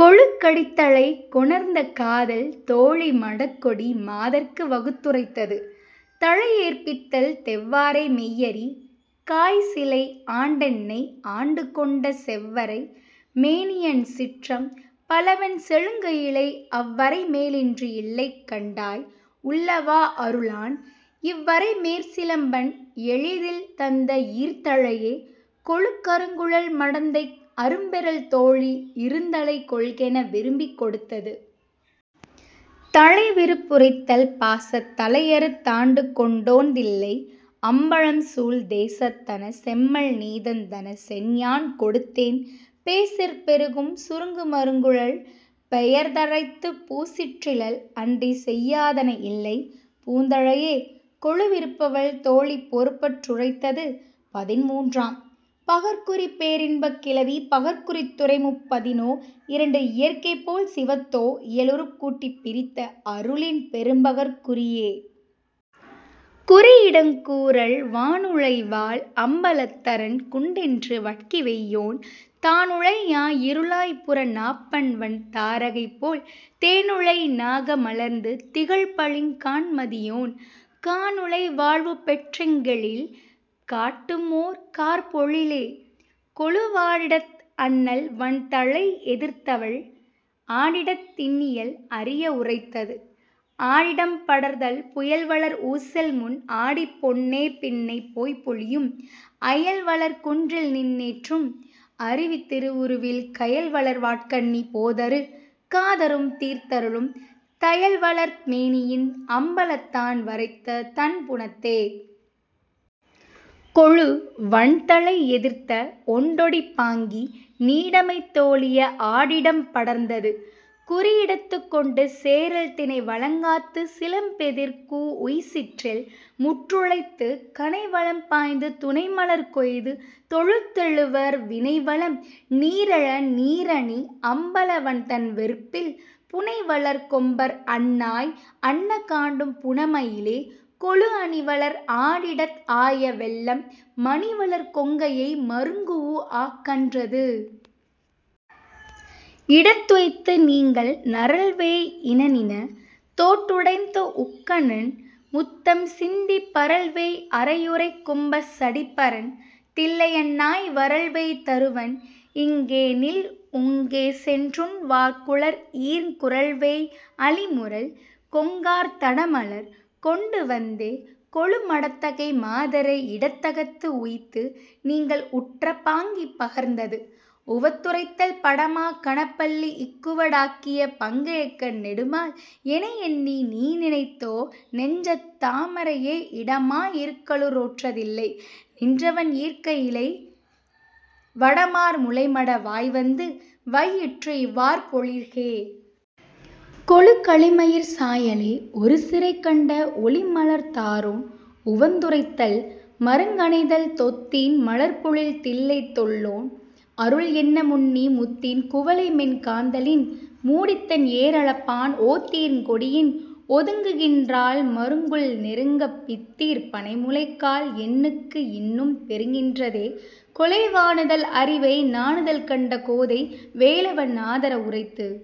கொளு கடித்தழை கொணர்ந்த காதல் தோழி மடக்கொடி மாதர்க்கு வகுத்துரைத்தது.. தழையேற்பித்தல் தெவ்வரை மெய்யெரி காய்சிலை ஆண்டென்னை ஆண்டுகொண்ட செவ்வரை மேனியன் சிற்றம் பலவன் செழுங்கயிலை அவ்வரை மேலன்றி யில்லைகண் டாய்உள்ள வாஅருளான்। இவ்வரை மேற்சிலம் பன்எளி தில்தந்த ஈர்ந்தழையே... கொளு கருங்குழல் மடந்தைக் அரும்பெறல் தோழி இருந்தழை கொள்கென விரும்பிக் கொடுத்தது.. தழை விருப்புரைத்தல் பாசத் தளையறுத் ஆண்டுகொண் டோன்தில்லை அம்பலம் சூழ் தேசத் தனசெம்மல் நீதந் தனசென் யான்கொடுத்தேன் பேசிற் பெருகும் சுருங்கு மருங்குழல் பெயர்ந்தரைத்துப் பூசிற் றிலள்அன்றிச் செய்யா தனஇல்லை பூந்தழையே... கொளு விருப்பவள் தோழி பொருப்பற் உரைத்தது. பதின்மூன்றாம். பகற்குறி பேரின்பக் கிளவி பகற்குறித் துறைமுப் பதினோ இரண்டு இயற்கைபோல் சிவத்தோ இயலுறுக் கூட்டிப் பிரித்த அருளின் பெரும்பகற் குறியே.. குறியிடங் கூறல் வானுழை வாள்அம்ப லத்தரன் குன்றென்று வட்கிவெய்யோன் தானுழை யாஇரு ளாய்ப்புற நாப்பண்வண் தாரகை போல் தேனுழை நாக மலர்ந்து திகழ்பளிங் கான்மதியோன் கானுழை வாழ்வுபெற் றாங்கெழில் காட்டுமொர் கார்ப்பொழிலே... கொளு வாடிடத் அண்ணல் வண்தழை எதிர்ந்தவள் ஆடிடத் இன்னியல் அறிய உரைத்தது.. ஆடிடம் படர்தல் புயல்வளர் ஊசல்முன் ஆடிப்பொன் னேபின்னைப் போய்ப்பொலியும் அயல்வளர் குன்றில்நின் றேற்றும் அருவி திருவுருவில் கயல்வளர் வாட்கண்ணி போதரு காதரம் தீர்த்தருளும் தயல்வளர் மேனியன் அம்பலத் தான்வரைத் தண்புனத்தே... கொளு வண்தழை எதிர்த்த ஒண்டொடிப் பாங்கி நீடமைத் தோளிய ஆடிடம் படர்ந்தது.. குறியிடத்துக் கொண்டு சேறல் தினைவளங் காத்துச் சிலம்பெதிர் கூஉய்ச்சிற்றில் முற்றிழைத்துச் கனைவளம் பாய்ந்து துணைமலர் கொய்து தொழுதெழுவர் வினைவளம் நீறெழ நீறணி அம்பல வன்தன்வெற்பில் புனைவளர் கொம்பர்அன் னாய்அன்ன காண்டும் புனமயிலே... கொளு அணிவளர் ஆடிடத் ஆய வெள்ளம் மணிவளர் கொங்கையை மருங்குஅ கன்றது.. இடத்துய்த்து நீங்கல் நரல்வேய் இனநின தோட்உடைந் உக்கநன் முத்தம்சிந்திப் பரல்வேய் அறையுறைக் கும்பஞ் சடிப்பரன் தில்லையன்னாய் வரல்வேய் தருவன்இங் கேநில்உங் கேசென்றுன் வார்குழற்ஈர்ங் குரல்வேய் அளிமுரல் கொங்கார் தடமலர் கொண்டுவந்தே... கொளு மடத்தகை மாதரை இடத்தகத்து உய்த்து நீங்கல் உற்ற பாங்கி பகர்ந்தது.. உவந்துரைத்தல் படமா கணப்பள்ளி இக்குவ டாக்கியப் பங்கயக்கண் நெடுமால் எனஎன்னை நீநினைந் தோநெஞ்சத் தாமரையே இடமா இருக்கலுற் றோதில்லை நின்றவன் ஈர்ங்கயிலை வடமார் முலைமட வாய்வந்து வைஇற்றுஇவ் வார்பொழிற்கே... கொளு களிமயிற் சாயலை ஒருசிறைக் கண்ட ஒளிமலர்த் தாரோன் உவந்துரைத்தல்.. மருங்கணைதல் தொத்தீன் மலர்ப்பொழில் தில்லைத்தொல் லோன்அருள் என்னமுன்னி முத்தீன் குவளைமென் காந்தளின் மூடித்தன் ஏர்அளப்பான் ஒத்ஈர்ங் கொடியின் ஒதுங்குகின் றாள்மருங் குல்நெருங்கப் பித்தீர் பணைமுலை காள்என்னுக்கு இன்னும் பெருக்கின்றதே... கொளு வாணுதல் அரிவை நாணுதல் கண்ட கோதை வேலவன் ஆதர வுரைத்தது..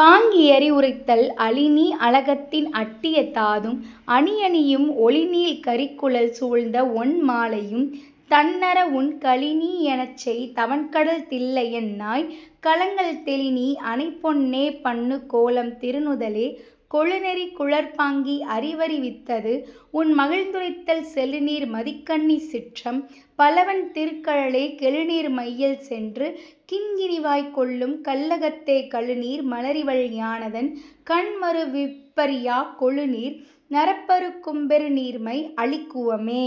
பாங்கியறிவுரைத்தல் அளிநீ அளகத்தின் அட்டிய தாதும் அணியணியும் ஒளிநீள் கரிகுழல் சூழ்ந்தஒண் மாலையும் தண்நறவுண் களிநீ யெனச்செய் தவன்கடல் தில்லையன் னாய்கலங்கல் தெளிநீ அனையபொன் னேபண்ணு கோலம் திருநுதலே... கொளு நெறி குழற் பாங்கி அறிவறி வித்தது.. உண்மகிழ்ந்துரைத்தல் செழுநீர் மதிக்கண்ணிச் சிற்றம் பலவன் திருக்கழலே கெழுநீர் மையில்சென்று கிண்கிணி வாய்க் கொள்ளும் கள்ளகத்த கழுநீர் மலரிவள் யானதன் கண்மரு விப்பிரியாக் கொழுநீர் நறப்பரு கும்பெரு நீர்மை அளிகுவமே...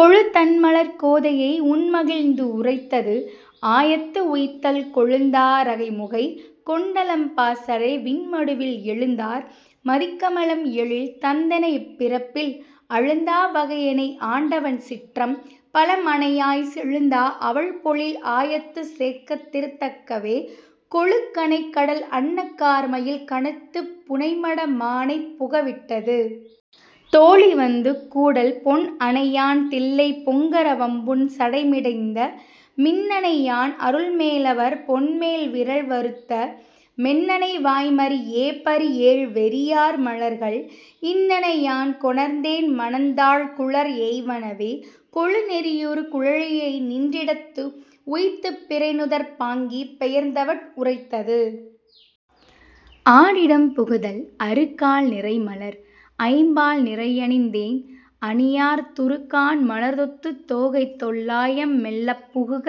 கொளு தண்மலர்க் கோதையை உண்மகிழ்ந் உரைத்தது.. ஆயத்து உய்த்தல் கொழுந்தா ரகைமுகை கொண்டலம் பாசடை விண்மடுவில் எழுந்தார் மதிக்கம லம்எழில் தந்தென இப்பிறப்பில் அழுந்தா வகையெனை ஆண்டவன் சிற்றம் பலம்அனையாய் செழுந்தா அவிழ்பொழில் ஆயத்துச் சேர்க் திருத்தகவே... கொளு கனைகடல் அன்ன கார்மயில் கணத்துப் புனைமட மானைப் புகவிட்டது.. தோழி வந்து கூடல் பொன்அனை யான்தில்லைப் பொங்கர வம்புன் சடைமிடைந்த மின்னனை யான்அருள் மேலவர் போன்மெல் விரல் வருந்த மென்னனை யாய்மறி யேபறி யேல்வெறி யார்மலர்கள் இன்னன யான்கொணர்ந் தேன்மணந் தாழ்குழற் ஏய்வனவே... கொளு நெறியுறு குழலியை நின்றிடத் உய்த்துப் பிறைநுதற் பாங்கி பெயர்ந்தவட் உரைத்தது.. ஆடிடம் புகுதல் அறுகால் நிறைமலர் ஐம்பால் நிறையணிந் தேன் அணியார் துறுகான் மலர்த்தொத்துத் தோகைதொல் லாயம்மெல் லப்புகுக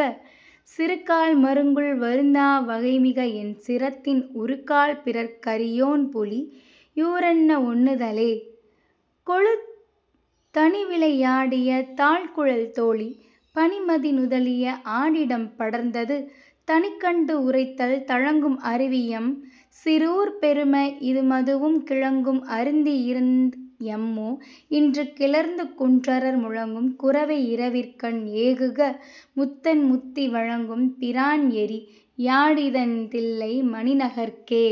சிறுகால் மருங்குல் வருந்தா வகைமிக என்சிரத்தின் உறுகால் பிறர்க்அரி யோன்புலி யூரன்ன ஒண்ணுதலே... கொளு தனிவிளை யாடிய தாழ்குழல் தோழி பனிமதி நுதலிய ஆடிடம் படர்ந்தது.. தனிகண்டு உரைத்தல் தழங்கும் அருவிஎம் சீறூர் பெரும இதுமதுவும் கிழங்கும் அருந்தி இருந் எம்மோ இன்று கிளர்ந்துகுன்றர் முழங்கும் குரவை இரவிற்கண் ஏகுக முத்தன்முத்தி வழங்கும் பிரான்எரி யாடிதென் தில்லை மணிநகர்க்கே...